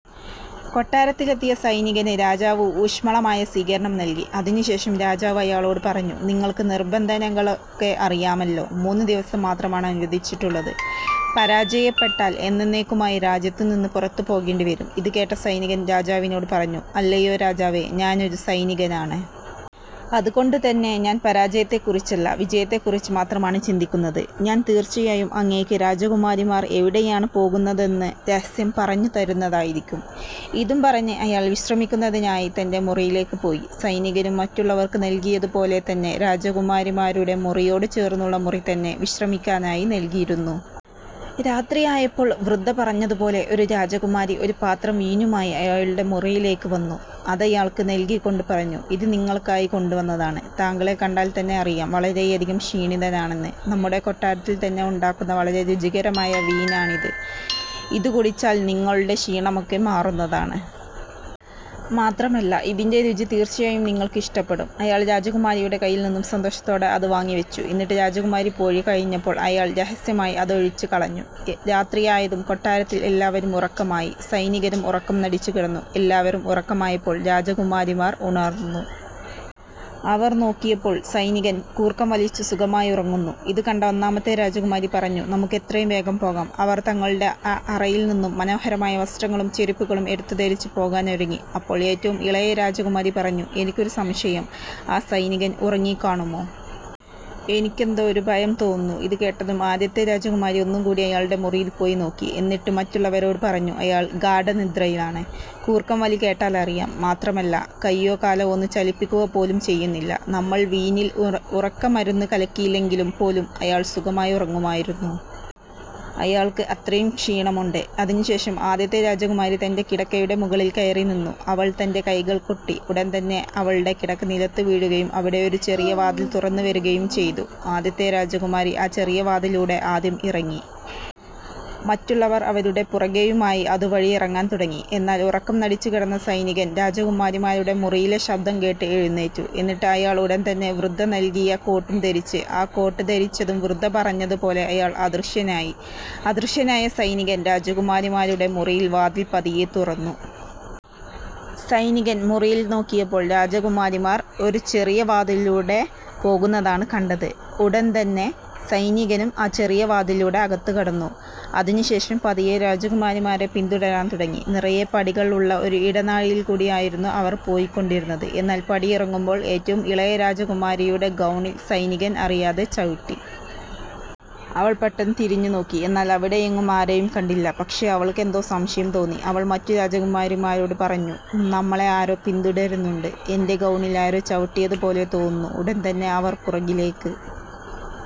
കൊട്ടാരത്തിലെത്തിയ സൈനികന് രാജാവ് ഊഷ്മളമായ സ്വീകരണം നൽകി. അതിനു ശേഷം രാജാവ് അയാളോട് പറഞ്ഞു. "നിങ്ങൾക്ക് നിബന്ധനകളൊക്കെ അറിയാമല്ലോ. മൂന്ന് ദിവസം മാത്രമാണ് അനുവദിച്ചിട്ടുള്ളത്. പരാജയപ്പെട്ടാൽ എന്നെന്നേക്കുമായി രാജ്യത്തു നിന്നു പുറത്തു പോകേണ്ടിവരും. " ഇതുകേട്ട സൈനികൻ രാജാവിനോട് പറഞ്ഞു "അല്ലയോ രാജാവേ, ഞാനൊരു സൈനികനാണ്. അതുകൊണ്ടു തന്നെ ഞാൻ പരാജയത്തെക്കുറിച്ചല്ല വിജയത്തെക്കുറിച്ച് മാത്രമാണ് ചിന്തിക്കുന്നത്. ഞാൻ തീർച്ചയായും അങ്ങേയ്ക്ക് രാജകുമാരിമാർ എവിടെയാണ് പോകുന്നതെന്ന രഹസ്യം പറഞ്ഞു തരുന്നതായിരിക്കും. " ഇതും പറഞ്ഞ് അയാൾ വിശ്രമിക്കുന്നതിനായി തൻ്റെ മുറിയിലേക്ക് പോയി. സൈനികനും മറ്റുള്ളവർക്ക് നൽകിയതു പോലെ തന്നെ രാജകുമാരിമാരുടെ മുറിയോട് ചേർന്നുള്ള മുറി തന്നെ വിശ്രമിക്കാനായി നൽകിയിരുന്നു. രാത്രിയായപ്പോൾ വൃദ്ധ പറഞ്ഞതുപോലെ ഒരു രാജകുമാരി ഒരു പാത്രം വീഞ്ഞുമായി അയാളുടെ മുറിയിലേക്ക് വന്നു. അതയാൾക്ക് നൽകിക്കൊണ്ട് പറഞ്ഞു. "ഇത് നിങ്ങൾക്കായി കൊണ്ടുവന്നതാണ്. താങ്കളെ കണ്ടാൽ തന്നെ അറിയാം വളരെയധികം ക്ഷീണിതനാണെന്ന്. നമ്മുടെ കൊട്ടാരത്തിൽ തന്നെ ഉണ്ടാക്കുന്ന വളരെ രുചികരമായ വീഞ്ഞാണിത്. ഇതു കുടിച്ചാൽ നിങ്ങളുടെ ക്ഷീണമൊക്കെ മാറുന്നതാണ്. മാത്രമല്ല ഇതിൻ്റെ രുചി തീർച്ചയായും നിങ്ങൾക്ക് ഇഷ്ടപ്പെടും. " അയാൾ രാജകുമാരിയുടെ കയ്യിൽനിന്നും സന്തോഷത്തോടെ അത് വാങ്ങി വച്ചു. എന്നിട്ട് രാജകുമാരി പോയി കഴിഞ്ഞപ്പോൾ അയാൾ രഹസ്യമായി അതൊഴിച്ചു കളഞ്ഞു. രാത്രിയായതും കൊട്ടാരത്തിൽ എല്ലാവരും ഉറക്കമായി. സൈനികനും ഉറക്കം നടിച്ചു കിടന്നു. എല്ലാവരും ഉറക്കമായപ്പോൾ രാജകുമാരിമാർ ഉണർന്നു. അവർ നോക്കിയപ്പോൾ സൈനികൻ കൂർക്കം വലിച്ചു സുഖമായി ഉറങ്ങുന്നു. ഇതുകണ്ട ഒന്നാമത്തെ രാജകുമാരി പറഞ്ഞു നമുക്ക് എത്രയും വേഗം പോകാം. അവർ തങ്ങളുടെ അറയിൽ നിന്നും മനോഹരമായ വസ്ത്രങ്ങളും ചെരിപ്പുകളും എടുത്തു ധരിച്ച് പോകാനൊരുങ്ങി. അപ്പോൾ ഏറ്റവും ഇളയ രാജകുമാരി പറഞ്ഞു "എനിക്കൊരു സംശയം ആ സൈനികൻ ഉറങ്ങിക്കാണുമോ? എനിക്കെന്തോ ഒരു ഭയം തോന്നുന്നു. " ഇതുകേട്ടതും ആദ്യത്തെ രാജകുമാരി ഒന്നുകൂടി അയാളുടെ മുറിയിൽ പോയി നോക്കി. എന്നിട്ടു മറ്റുള്ളവരോട് പറഞ്ഞു "അയാൾ ഗാഢനിദ്രയിലാണ്. കൂർക്കംവലി കേട്ടാലറിയാം. മാത്രമല്ല കയ്യോ കാലോ ഒന്ന് ചലിപ്പിക്കുക പോലും ചെയ്യുന്നില്ല. നമ്മൾ വീഞ്ഞിൽ ഉറക്കമരുന്നു കലക്കിയില്ലെങ്കിൽ പോലും അയാൾ സുഖമായി ഉറങ്ങുമായിരുന്നു. അയാൾക്ക് അത്രയും ക്ഷീണമുണ്ട്. " അതിനുശേഷം ആദ്യത്തെ രാജകുമാരി തൻ്റെ കിടക്കയുടെ മുകളിൽ കയറി നിന്നു. അവൾ തൻ്റെ കൈകൾ കൊട്ടി. ഉടൻതന്നെ അവളുടെ കിടക്ക നിലത്തു വീഴുകയും അവിടെ ഒരു ചെറിയ വാതിൽ തുറന്നു വരുകയും ചെയ്തു. ആദ്യത്തെ രാജകുമാരി ആ ചെറിയ വാതിലൂടെ ആദ്യം ഇറങ്ങി. മറ്റുള്ളവർ അവരുടെ പുറകെയുമായി അതു വഴി ഇറങ്ങാൻ തുടങ്ങി. എന്നാൽ ഉറക്കം നടിച്ചു കിടന്ന സൈനികൻ രാജകുമാരിമാരുടെ മുറിയിലെ ശബ്ദം കേട്ട് എഴുന്നേറ്റു. എന്നിട്ട് അയാൾ ഉടൻതന്നെ വൃദ്ധ നൽകിയ കോട്ടു ധരിച്ചു. ആ കോട്ട് ധരിച്ചതും വൃദ്ധ പറഞ്ഞതുപോലെ അയാൾ അദൃശനായി. അദൃശനായ സൈനികൻ രാജകുമാരിമാരുടെ മുറിയുടെ വാതിൽ പതിയെ തുറന്നു. സൈനികൻ മുറിയിൽ നോക്കിയപ്പോൾ രാജകുമാരിമാർ ഒരു ചെറിയ വാതിലൂടെ പോകുന്നതാണ് കണ്ടത്. ഉടൻതന്നെ സൈനികനും ആ ചെറിയ വാതിലിലൂടെ അകത്തു കടന്നു. അതിനു ശേഷം പതിയെ രാജകുമാരിമാരെ പിന്തുടരാൻ തുടങ്ങി. നിറയെ പടികൾ ഉള്ള ഒരു ഇടനാഴിയിൽകൂടി ആയിരുന്നു അവർ പോയികൊണ്ടിരുന്നത്. എന്നാൽ പടിയിറങ്ങുമ്പോൾ ഏറ്റവും ഇളയ രാജകുമാരിയുടെ ഗൗണിൽ സൈനികൻ അറിയാതെ ചവിട്ടി. അവൾ പെട്ടെന്ന് തിരിഞ്ഞുനോക്കി. എന്നാൽ അവിടെയെങ്ങും ആരെയും കണ്ടില്ല. പക്ഷേ അവൾക്ക് എന്തോ സംശയം തോന്നി. അവൾ മറ്റു രാജകുമാരിമാരോട് പറഞ്ഞു "നമ്മളെ ആരോ പിന്തുടരുന്നുണ്ട്. എൻ്റെ ഗൗണിൽ ആരോ ചവിട്ടിയതു പോലെ തോന്നുന്നു. " ഉടൻ തന്നെ അവർ പുറകിലേക്ക്